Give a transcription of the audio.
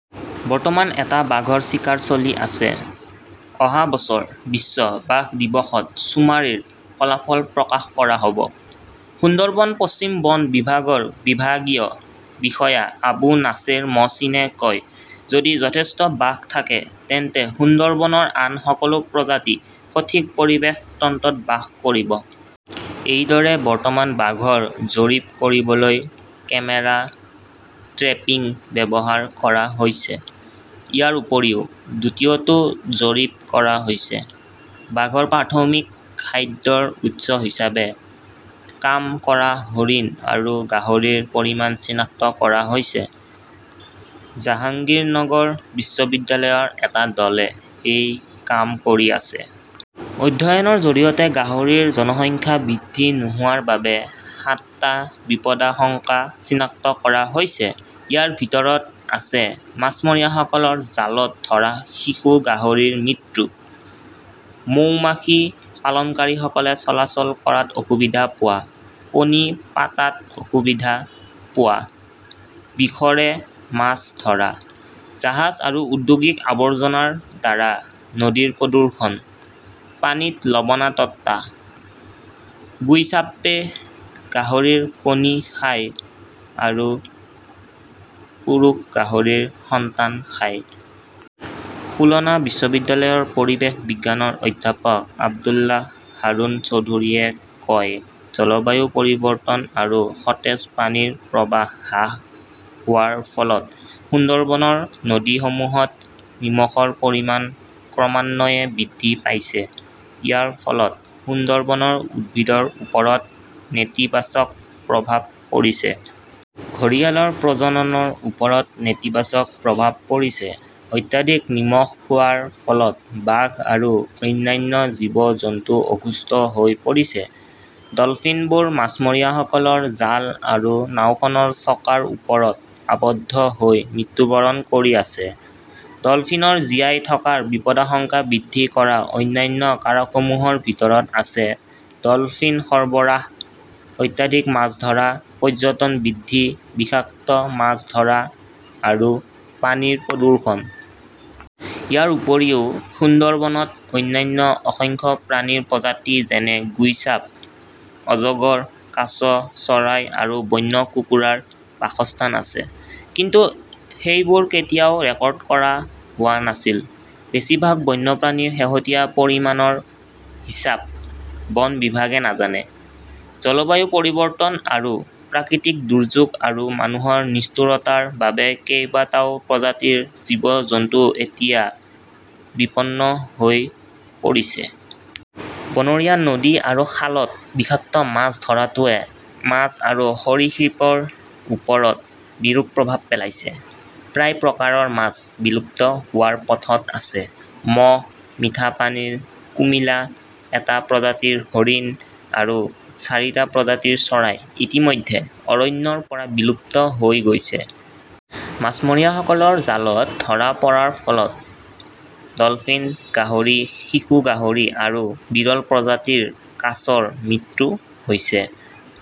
বৰ্তমান এটা বাঘৰ চিকাৰ চলি আছে। অহা বছৰ বিশ্ব বাঘ দিৱসত চুমাৰীৰ ফলাফল প্ৰকাশ কৰা হ'ব। সুন্দৰবন পশ্চিম বন বিভাগৰ বিভাগীয় বিষয়া আবু নাছেৰ মহচিনে কয়, যদি যথেষ্ট বাঘ থাকে তেন্তে সুন্দৰবনৰ আন সকলো প্ৰজাতি সঠিক পৰিৱেশ তন্ত্ৰত বাস কৰিব। এইদৰে বৰ্তমান বাঘৰ জৰীপ কৰিবলৈ কেমেৰা ট্ৰেপিং ব্যৱহাৰ কৰা হৈছে। ইয়াৰ উপৰিও, দ্বিতীয়টো জৰীপ কৰা হৈছে। বাঘৰ প্ৰাথমিক খাদ্যৰ উৎস হিচাপে কাম কৰা হৰিণ আৰু গাহৰিৰ পৰিমাণ চিনাক্ত কৰা হৈছে। জাহাংগীৰনগৰ বিশ্ববিদ্যালয়ৰ এটা দলে এই কাম কৰি আছে। অধ্যয়নৰ জৰিয়তে গাহৰিৰ জনসংখ্যা বৃদ্ধি নোহোৱাৰ বাবে সাতটা বিপদাশংকা চিনাক্ত কৰা হৈছে। ইয়াৰ ভিতৰত আছে মাছমৰীয়াসকলৰ জালত ধৰা শিশু গাহৰিৰ মৃত্যু, মৌমাখি পালনকাৰীসকলে চলাচল কৰাত অসুবিধা পোৱা, কণী পাতাত অসুবিধা পোৱা, বিষৰে মাছ ধৰা, জাহাজ আৰু ঔদ্যোগিক আৱৰ্জনাৰ দ্বাৰা নদীৰ প্ৰদূষণ, পানীত লবণাক্ততা, গুইছাপ্পে গাহৰিৰ কণী খায় আৰু পুৰুষ গাহৰিৰ সন্তান খায়। খুলনা বিশ্ববিদ্যালয়ৰ পৰিৱেশ বিজ্ঞানৰ অধ্যাপক আব্দুল্লাহ হাৰুন চৌধুৰীয়ে কয় জলবায়ু পৰিৱৰ্তন আৰু সতেজ পানীৰ প্ৰৱাহ হ্ৰাস হোৱাৰ ফলত সুন্দৰবনৰ নদীসমূহত নিমখৰ পৰিমাণ ক্ৰমান্বয়ে বৃদ্ধি পাইছে। ইয়াৰ ফলত সুন্দৰবনৰ উদ্ভিদৰ ওপৰত নেতিবাচক প্ৰভাৱ পৰিছে। ঘঁৰিয়ালৰ প্ৰজননৰ ওপৰত নেতিবাচক প্ৰভাৱ পৰিছে। অত্যাধিক নিমখ খোৱাৰ ফলত বাঘ আৰু অন্যান্য জীৱ-জন্তু অসুস্থ হৈ পৰিছে। ডল্ফিনবোৰ মাছমৰীয়াসকলৰ জাল আৰু নাওখনৰ চকাৰ ওপৰত আবদ্ধ হৈ মৃত্যুবৰণ কৰি আছে। ডলফিনৰ জীয়াই থকাৰ বিপদাশংকা বৃদ্ধি কৰা অন্যান্য কাৰকসমূহৰ ভিতৰত আছে ডলফিন সৰবৰাহ, অত্যাধিক মাছ ধৰা, পৰ্যটন বৃদ্ধি, বিষাক্ত মাছ ধৰা আৰু পানীৰ প্ৰদূষণ। ইয়াৰ উপৰিও, সুন্দৰবনত অন্যান্য অসংখ্য প্ৰাণীৰ প্ৰজাতি যেনে গুইছাপ, অজগৰ, কাছ, চৰাই আৰু বন্য কুকুৰাৰ বাসস্থান আছে, কিন্তু সেইবোৰ কেতিয়াও ৰেকৰ্ড কৰা হোৱা নাছিল। বেছিভাগ বন্যপ্ৰাণীৰ শেহতীয়া পৰিমাণৰ হিচাপ বন বিভাগে নাজানে। জলবায়ু পৰিৱৰ্তন আৰু প্ৰাকৃতিক দুৰ্যোগ আৰু মানুহৰ নিষ্ঠুৰতাৰ বাবে কেইবাটাও প্ৰজাতিৰ জীৱ-জন্তু এতিয়া বিপন্ন হৈ পৰিছে। বনৰীয়া নদী আৰু খালত বিষাক্ত মাছ ধৰাটোৱে মাছ আৰু সৰীসৃপৰ ওপৰত বিৰূপ প্ৰভাৱ পেলাইছে। প্ৰায় প্ৰকাৰৰ মাছ বিলুপ্ত হোৱাৰ পথত আছে। ম 'হ, মিঠা পানীৰ কুমিলা, এটা প্ৰজাতিৰ হৰিণ আৰু চাৰিটা প্ৰজাতিৰ চৰাই ইতিমধ্যে অৰণ্যৰ পৰা বিলুপ্ত হৈ গৈছে। মাছমৰীয়াসকলৰ জালত ধৰা পৰাৰ ফলত ডলফিন, গাহৰি, শিশু গাহৰি আৰু বিৰল প্ৰজাতিৰ কাছৰ মৃত্যু হৈছে।